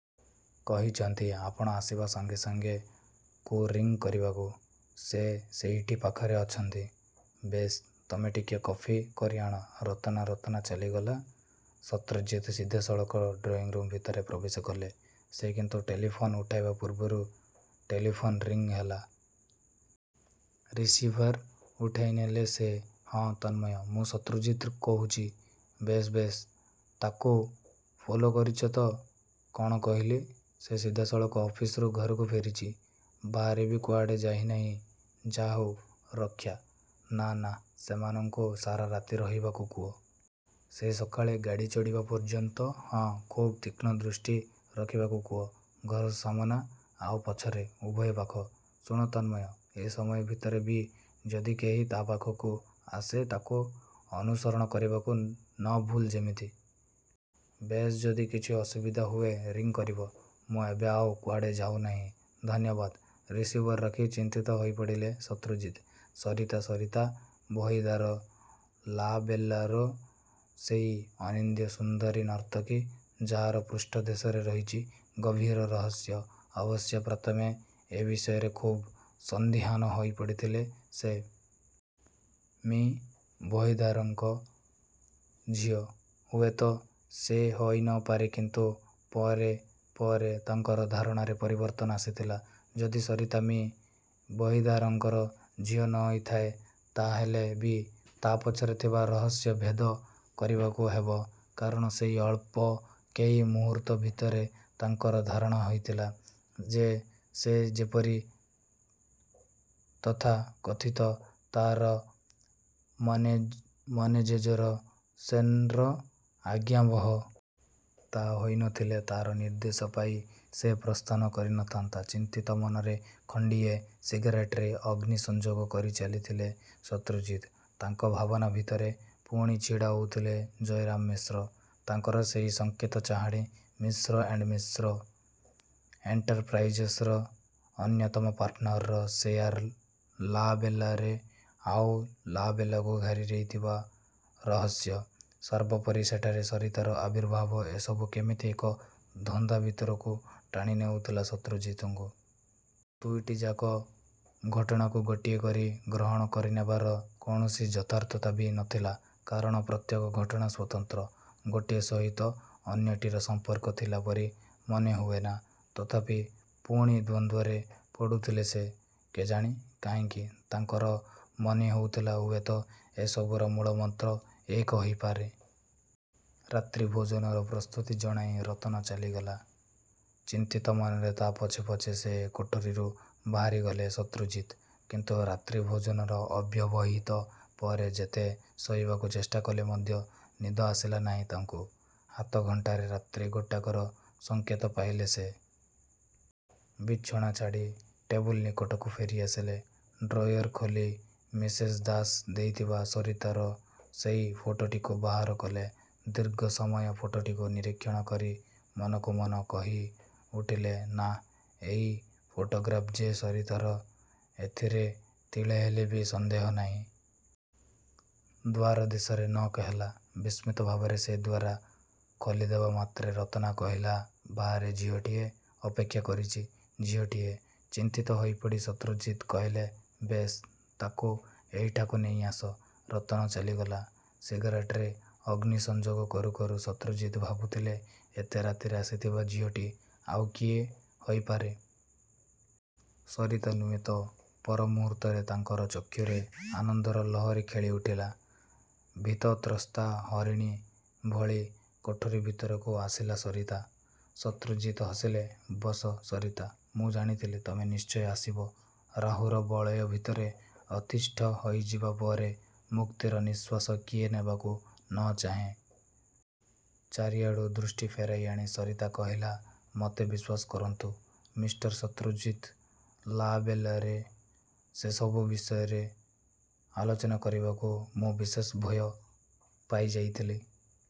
କହିଛନ୍ତି ଆପଣ ଆସିବା ସଙ୍ଗେ ସଙ୍ଗେ କୁ ରିଂ କରିବାକୁ। ସେ ସେଇଠି ପାଖରେ ଅଛନ୍ତି। ବେଶ୍, ତମେ ଟିକେ କଫି କରିଆଣ ରତନା ରତନା ଚାଲିଗଲା। ଶତ୍ରଜିତ୍ ସିଧାସଳଖ ଡ୍ରଇଂରୁମ୍ ଭିତରେ ପ୍ରବେଶ କଲେ। ସେ କିନ୍ତୁ ଟେଲିଫୋନ୍ ଉଠାଇବା ପୂର୍ବରୁ ଟେଲିଫୋନ୍ ରିଂ ହେଲା। ରିସିଭର ଉଠାଇନେଲେ ସେ। ହଁ, ତନ୍ମୟ, ମୁଁ ଶତ୍ରୁଜିତ୍ କହୁଛି। ବେଶ୍ ବେଶ୍, ତାକୁ ଫଲୋ କରିଛ ତ? କ'ଣ କହିଲି? ସେ ସିଧାସଳଖ ଅଫିସରୁ ଘରକୁ ଫେରିଛି। ବାହାରେ ବି କୁଆଡ଼େ ଯାଇନାହିଁ? ଯାହାହଉ, ରକ୍ଷା। ନା, ନା, ସେମାନଙ୍କୁ ସାରାରାତି ରହିବାକୁ କୁହ। ସେ ସକାଳେ ଗାଡ଼ି ଚଢ଼ିବା ପର୍ଯ୍ୟନ୍ତ। ହଁ, ଖୁବ୍ ତୀକ୍ଷ୍ଣ ଦୃଷ୍ଟି ରଖିବାକୁ କୁହ। ଘର ସାମନା ଆଉ ପଛରେ, ଉଭୟ ପାଖ। ଶୁଣ ତନ୍ମୟ ଏ ସମୟ ଭିତରେ ବି ଯଦି କେହି ତା' ପାଖକୁ ଆସେ, ତାକୁ ଅନୁସରଣ କରିବାକୁ ନ ଭୁଲ୍ ଯେମିତି। ବେଶ୍, ଯଦି କିଛି ଅସୁବିଧା ହୁଏ ରିଂ କରିବ। ମୁଁ ଏବେ ଆଉ କୁଆଡ଼େ ଯାଉନାହିଁ। ଧନ୍ୟବାଦ। ରିସିଭର ରଖି ଚିନ୍ତିତ ହୋଇପଡ଼ିଲେ ଶତ୍ରୁଜିତ୍। ସରିତା, ସରିତା ବହିଦାର 'ଲା–ବେଲା'ର ସେଇ ଅନିନ୍ଦ୍ୟସୁନ୍ଦରୀ ନର୍ତ୍ତକୀ, ଯାହାର ପୃଷ୍ଠ ଦେଶରେ ରହିଛି ଗଭୀର ରହସ୍ୟ। ଅବଶ୍ୟ ପ୍ରଥମେ ଏ ବିଷୟରେ ଖୁବ୍ ସନ୍ଦିହାନ ହୋଇପଡ଼ିଥିଲେ ସେ। ମି: ବହିଦାରଙ୍କ ଝିଅ ହୁଏତ ସେ ହୋଇ ନ ପାରେ କିନ୍ତୁ ପରେ ପରେ ତାଙ୍କର ଧାରଣାରେ ପରିବର୍ତ୍ତନ ଆସିଥିଲା। ଯଦି ସରିତା ମି: ବହିଦାରଙ୍କର ଝିଅ ନ ହୋଇଥାଏ ,ତା' ହେଲେ ବି ତା' ପଛରେ ଥିବା ରହସ୍ୟ ଭେଦ କରିବାକୁ ହେବ। କାରଣ ସେଇ ଅଳ୍ପ କେଇ ମୁହୂର୍ତ୍ତ ଭିତରେ ତାଙ୍କର ଧାରଣା ହୋଇଥିଲା, ଯେ ସେ ଯେପରି ତଥାକଥିତ ତା'ର ମନେ ମନେଜେଜର ସେନ୍ର ଆଜ୍ଞାବହ। ତା' ହୋଇ ନ ଥିଲେ ତା'ର ନିର୍ଦ୍ଦେଶ ପାଇ ସେ ପ୍ରସ୍ଥାନ କରି ନଥାନ୍ତା। ଚିନ୍ତିତ ମନରେ ଖଣ୍ଡିଏ ସିଗାରେଟରେ ଅଗ୍ନି ସଂଯୋଗ କରିଚାଲିଥିଲେ ଶତ୍ରୁଜିତ। ତାଙ୍କ ଭାବନା ଭିତରେ ପୁଣି ଛିଡ଼ା ହଉଥିଲେ ଜୟରାମ ମିଶ୍ର। ତାଙ୍କର ସେଇ ଶଙ୍କିତ ଚାହାଣି। ମିଶ୍ର ଏଣ୍ଡ୍ ମିଶ୍ର ଏଣ୍ଟରପ୍ରାଇଜର୍ସର ଅନ୍ୟତମ ପାର୍ଟନରର ସେୟାର ଲାବେଲାରେ ଆଉ ଲା-ବେଲାକୁ ଘେରି ରହିଥିବା ରହସ୍ୟ, ସର୍ବୋପରି ସେଠାରେ ସରିତାର ଆବିର୍ଭାବ ଏସବୁ କେମିତି ଏକ ଧନ୍ଦା ଭିତରକୁ ଟାଣିନେଉଥିଲା ଶତ୍ରୁଜିତଙ୍କୁ। ଦୁଇଟିଯାକ ଘଟଣାକୁ ଗୋଟିଏ କରି ଗ୍ରହଣ କରିନେବାର କୌଣସି ଯଥାର୍ଥତା ବି ନ ଥିଲା କାରଣ ପ୍ରତ୍ୟେକ ଘଟଣା ସ୍ୱତନ୍ତ୍ର। ଗୋଟିଏ ସହିତ ଅନ୍ୟଟିର ସଂପର୍କ ଥିଲା ପରି ମନେ ହୁଏନା। ତଥାପି ପୁଣି ଦ୍ୱନ୍ଦ୍ୱରେ ପଡ଼ୁଥିଲେ ସେ। କେଜାଣି କାହିଁକି ତାଙ୍କର ମନେ ହେଉଥିଲା ହୁଏତ ଏ ସବୁର ମୂଳମନ୍ତ୍ର ଏକ ହୋଇପାରେ। ରାତ୍ରିଭୋଜନର ପ୍ରସ୍ତୁତି ଜଣାଇ ରତନ ଚାଲିଗଲା। ଚିନ୍ତିତ ମନରେ ତା' ପଛେ ପଛେ ସେ କୋଠରିରୁ ବାହାରିଗଲେ ଶତ୍ରୁଜିତ୍ କିନ୍ତୁ ରାତ୍ରିଭୋଜନର ଅବ୍ୟବହିତ ପରେ ଯେତେ ଶୋଇବାକୁ ଚେଷ୍ଟା କଲେ ମଧ୍ୟ ନିଦ ଆସିଲା ନାହିଁ ତାଙ୍କୁ। ହାତଘଣ୍ଟାରେ ରାତ୍ରି ଗୋଟାକର ସଙ୍କେତ ପାଇଲେ ସେ। ବିଛଣା ଛାଡ଼ି ଟେବୁଲ ନିକଟକୁ ଫେରିଆସିଲେ। ଡ୍ରୟର ଖୋଲି ମିସେସ ଦାସ ଦେଇଥିବା ସରିତାର ସେଇ ଫଟୋଟିକୁ ବାହାର କଲେ। ଦୀର୍ଘ ସମୟ ଫଟୋଟିକୁ ନିରୀକ୍ଷଣ କରି ମନକୁମନ କହି ଉଠିଲେ ନା, ଏଇ ଫଟୋଗ୍ରାଫ୍ ଯେ ସରିତାର ଏଥିରେ ତିଳେହେଲେ ବି ସନ୍ଦେହ ନାହିଁ। ଦ୍ୱାରଦେଶରେ ନକ୍ ହେଲା। ବିସ୍ମିତ ଭାବରେ ସେ ଦ୍ୱାରା ଖୋଲିଦେବା ମାତ୍ରେ ରତନା କହିଲା ବାହାରେ ଝିଅଟିଏ ଅପେକ୍ଷା କରିଛି। ଝିଅଟିଏ! ଚିନ୍ତିତ ହୋଇପଡ଼ି ଶତ୍ରୁଜିତ୍ କହିଲେ ବେଶ୍, ତାକୁ ଏଇଠାକୁ ନେଇଆସ। ରତନ ଚାଲିଗଲା। ସିଗାରେଟରେ ଅଗ୍ନି ସଂଯୋଗ କରୁକରୁ ଶତ୍ରୁଜିତ୍ ଭାବୁଥିଲେ ଏତେ ରାତିରେ ଆସିଥିବା ଝିଅଟି ଆଉ କିଏ ହୋଇପାରେ? ସରିତା ନୁହେଁ ତ! ପର ମୁହୂର୍ତ୍ତରେ ତାଙ୍କର ଚକ୍ଷୁରେ ଆନନ୍ଦର ଲହରୀ ଖେଳି ଉଠିଲା। ଭୀତତ୍ରସ୍ତା ହରିଣୀ ଭଳି କୋଠରି ଭିତରକୁ ଆସିଲା ସରିତା। ଶତ୍ରୁଜିତ୍ ହସିଲେ ବସ, ସରିତା, ମୁଁ ଜାଣିଥିଲି ତମେ ନିଶ୍ଚୟ ଆସିବ। ରାହୁର ବଳୟ ଭିତରେ ଅତିଷ୍ଠ ହୋଇଯିବା ପରେ ମୁକ୍ତିର ନିଶ୍ୱାସ କିଏ ନେବାକୁ ନ ଚାହେଁ! ଚାରିଆଡ଼ୁ ଦୃଷ୍ଟି ଫେରାଇଆଣି ସରିତା କହିଲା ମୋତେ ବିଶ୍ୱାସ କରନ୍ତୁ, ମିଷ୍ଟର ଶତ୍ରୁଜିତ୍, ଲା-ବେଲାରେ ସେସବୁ ବିଷୟ ଆଲୋଚନା କରିବାକୁ ମୁଁ ବିଶେଷ ଭୟ ପାଇଯାଇଥିଲି।